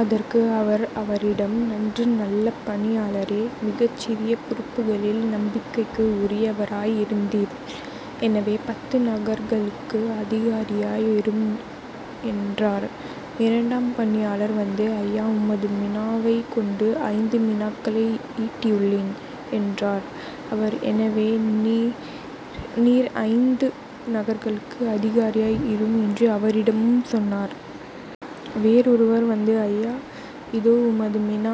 அதற்கு அவர் அவரிடம் நன்று நல்ல பணியாளரே மிகச் சிறிய பொறுப்புகளில் நம்பிக்கைக்கு உரியவராய் இருந்தீர். எனவே பத்து நகர்களுக்கு அதிகாரியாய் இரும் என்றார். இரண்டாம் பணியாளர் வந்து ஐயா உமது மினாவைக் கொண்டு ஐந்து மினாக்களை ஈட்டியுள்ளேன் என்றார். அவர் எனவே நீர் ஐந்து நகர்களுக்கு அதிகாரியாய் இரும் என்று அவரிடமும் சொன்னார். வேறொருவர் வந்து ஐயா இதோ உமது மினா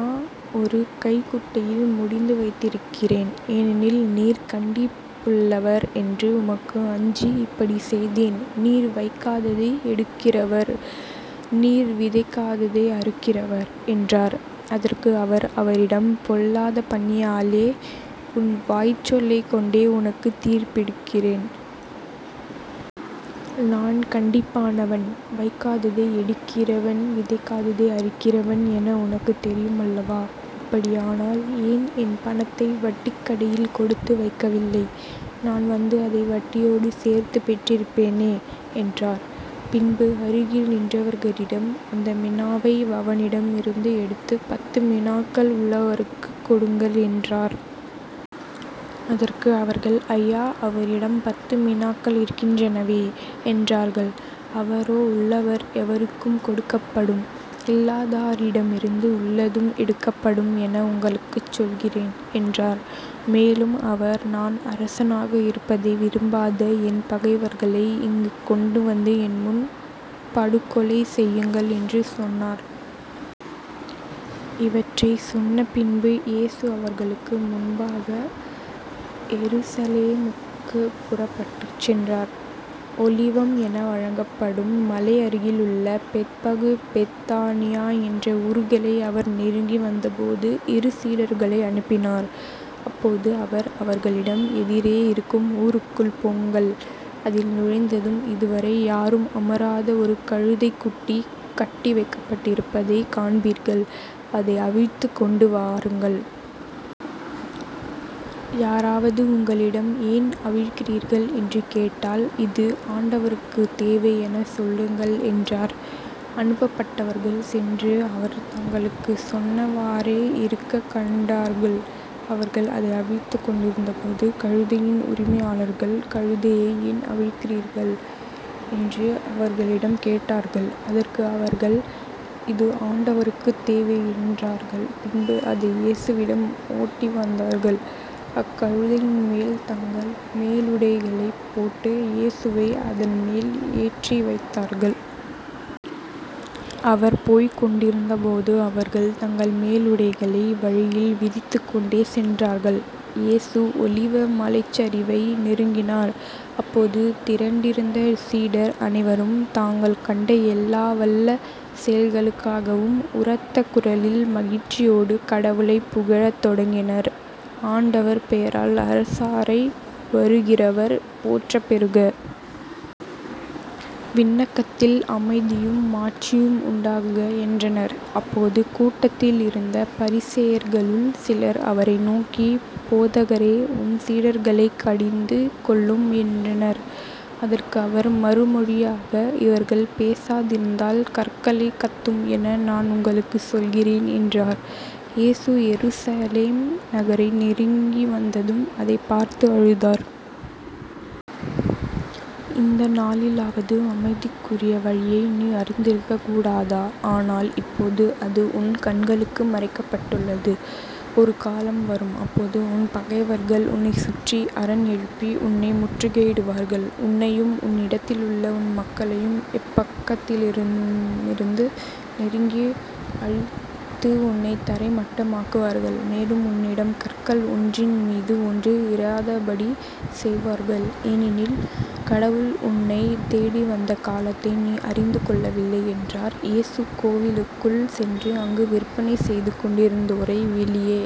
ஒரு கைக்குட்டையில் முடிந்து வைத்திருக்கிறேன். ஏனெனில் நீர் கண்டிப்புள்ளவர் என்று உமக்கு அஞ்சி இப்படிச் செய்தேன் நீர் வைக்காததை எடுக்கிறவர் நீர் விதைக்காததை அறுக்கிறவர் என்றார். அதற்கு அவர் அவரிடம் பொல்லாத பணியாளே உன் வாய்ச் சொல்லைக் கொண்டே உனக்குத் தீர்ப்பிடுகிறேன். நான் கண்டிப்பானவன் வைக்காததை எடுக்கிறவன் விதைக்காததை அறுக்கிறவன் என உனக்குத் தெரியுமல்லவா? அப்படியானால் ஏன் என் பணத்தை வட்டிக் கடையில் கொடுத்து வைக்கவில்லை? நான் வந்து அதை வட்டியோடு சேர்த்துப் பெற்றிருப்பேனே என்றார். பின்பு அருகில் நின்றவர்களிடம் அந்த மினாவை அவனிடமிருந்து எடுத்து பத்து மினாக்கள் உள்ளவருக்குக் கொடுங்கள் என்றார். அதற்கு அவர்கள் ஐயா அவரிடம் பத்து மினாக்கள் இருக்கின்றனவே என்றார்கள். அவரோ உள்ளவர் எவருக்கும் கொடுக்கப்படும். இல்லாதாரிடமிருந்து உள்ளதும் எடுக்கப்படும் என உங்களுக்குச் சொல்கிறேன் என்றார். மேலும் அவர் நான் அரசனாக இருப்பதை விரும்பாத என் பகைவர்களை இங்குக்கொண்டு வந்து என்முன் படுகொலை செய்யுங்கள் என்று சொன்னார். இவற்றைச் சொன்னபின்பு இயேசு அவர்களுக்கு முன்பாக எருசலேமுக்குப் புறப்பட்டுச் சென்றார். ஒலிவம் என வழங்கப்படும் மலை அருகிலுள்ள பெத்பகு பெத்தானியா என்ற ஊர்களை அவர் நெருங்கி வந்தபோது இரு சீடர்களை அனுப்பினார். அப்போது அவர் அவர்களிடம் எதிரே இருக்கும் ஊருக்குள் போங்கள் அதில் நுழைந்ததும் இதுவரை யாரும் அமராத ஒரு கழுதைக் குட்டி கட்டி வைக்கப்பட்டிருப்பதைக் காண்பீர்கள் அதை அவிழ்த்துக் கொண்டு வாருங்கள். யாராவது உங்களிடம் ஏன் அவிழ்க்கிறீர்கள்? என்று கேட்டால் இது ஆண்டவருக்குத் தேவை எனச் சொல்லுங்கள் என்றார். அனுப்பப்பட்டவர்கள் சென்று அவர் தங்களுக்குச் சொன்னவாறே இருக்கக் கண்டார்கள். அவர்கள் அதை அவிழ்த்துக் கொண்டிருந்தபோது கழுதையின் உரிமையாளர்கள் கழுதையை ஏன் அவிழ்க்கிறீர்கள்? என்று அவர்களிடம் கேட்டார்கள். அதற்கு அவர்கள் இது ஆண்டவருக்குத் தேவை என்றார்கள் பின்பு அதை இயேசுவிடம் ஓட்டி வந்தார்கள் அக்கழுதையின்மேல் தங்கள் மேலுடைகளைப் போட்டு இயேசுவை அதன்மேல் ஏற்றி வைத்தார்கள். அவர் போய்க் கொண்டிருந்தபோது அவர்கள் தங்கள் மேலுடைகளை வழியில் விரித்துக் கொண்டே சென்றார்கள். இயேசு ஒலிவ மலைச்சரிவை நெருங்கினார். அப்போது திரண்டிருந்த சீடர் அனைவரும் தாங்கள் கண்ட எல்லா வல்ல செயல்களுக்காகவும் உரத்தக் குரலில் மகிழ்ச்சியோடு கடவுளைப் புகழத் தொடங்கினர் ஆண்டவர் பெயரால் அரசராய் வருகிறவர் போற்றப் பெறுக. விண்ணகத்தில் அமைதியும் மாட்சியும் உண்டாகுக என்றனர். அப்போது கூட்டத்தில் இருந்த பரிசேயர்களுள் சிலர் அவரை நோக்கி போதகரே உம் சீடர்களைக் கடிந்து கொள்ளும் என்றனர். அதற்கு அவர் மறுமொழியாக இவர்கள் பேசாதிருந்தால் கற்களே கத்தும் என நான் உங்களுக்குச் சொல்கிறேன் என்றார். இயேசு எருசலேம் நகரை நெருங்கி வந்ததும் அதைப் பார்த்து அழுதார். இந்த நாளிலாவது அமைதிக்குரிய வழியை நீ அறிந்திருக்கக்கூடாதா? ஆனால் இப்போது அது உன் கண்களுக்கு மறைக்கப்பட்டுள்ளது. ஒரு காலம் வரும். அப்போது உன் பகைவர்கள் உன்னைச் சுற்றி அரண் எழுப்பி உன்னை முற்றுகையிடுவார்கள் உன்னையும் உன்னிடத்திலுள்ள உன் மக்களையும் எப்பக்கத்திலுமிருந்து நெருக்கி அழித்து உன்னைத் தரை மட்டமாக்குவார்கள் மேலும் உன்னிடம் கற்கள் ஒன்றின்மீது ஒன்று இராதபடி செய்வார்கள் ஏனெனில் கடவுள் உன்னைத் தேடி வந்த காலத்தை நீ அறிந்து கொள்ளவில்லை என்றார். இயேசு கோவிலுக்குள் சென்று அங்கு விற்பனை செய்து கொண்டிருந்தோரை வெளியே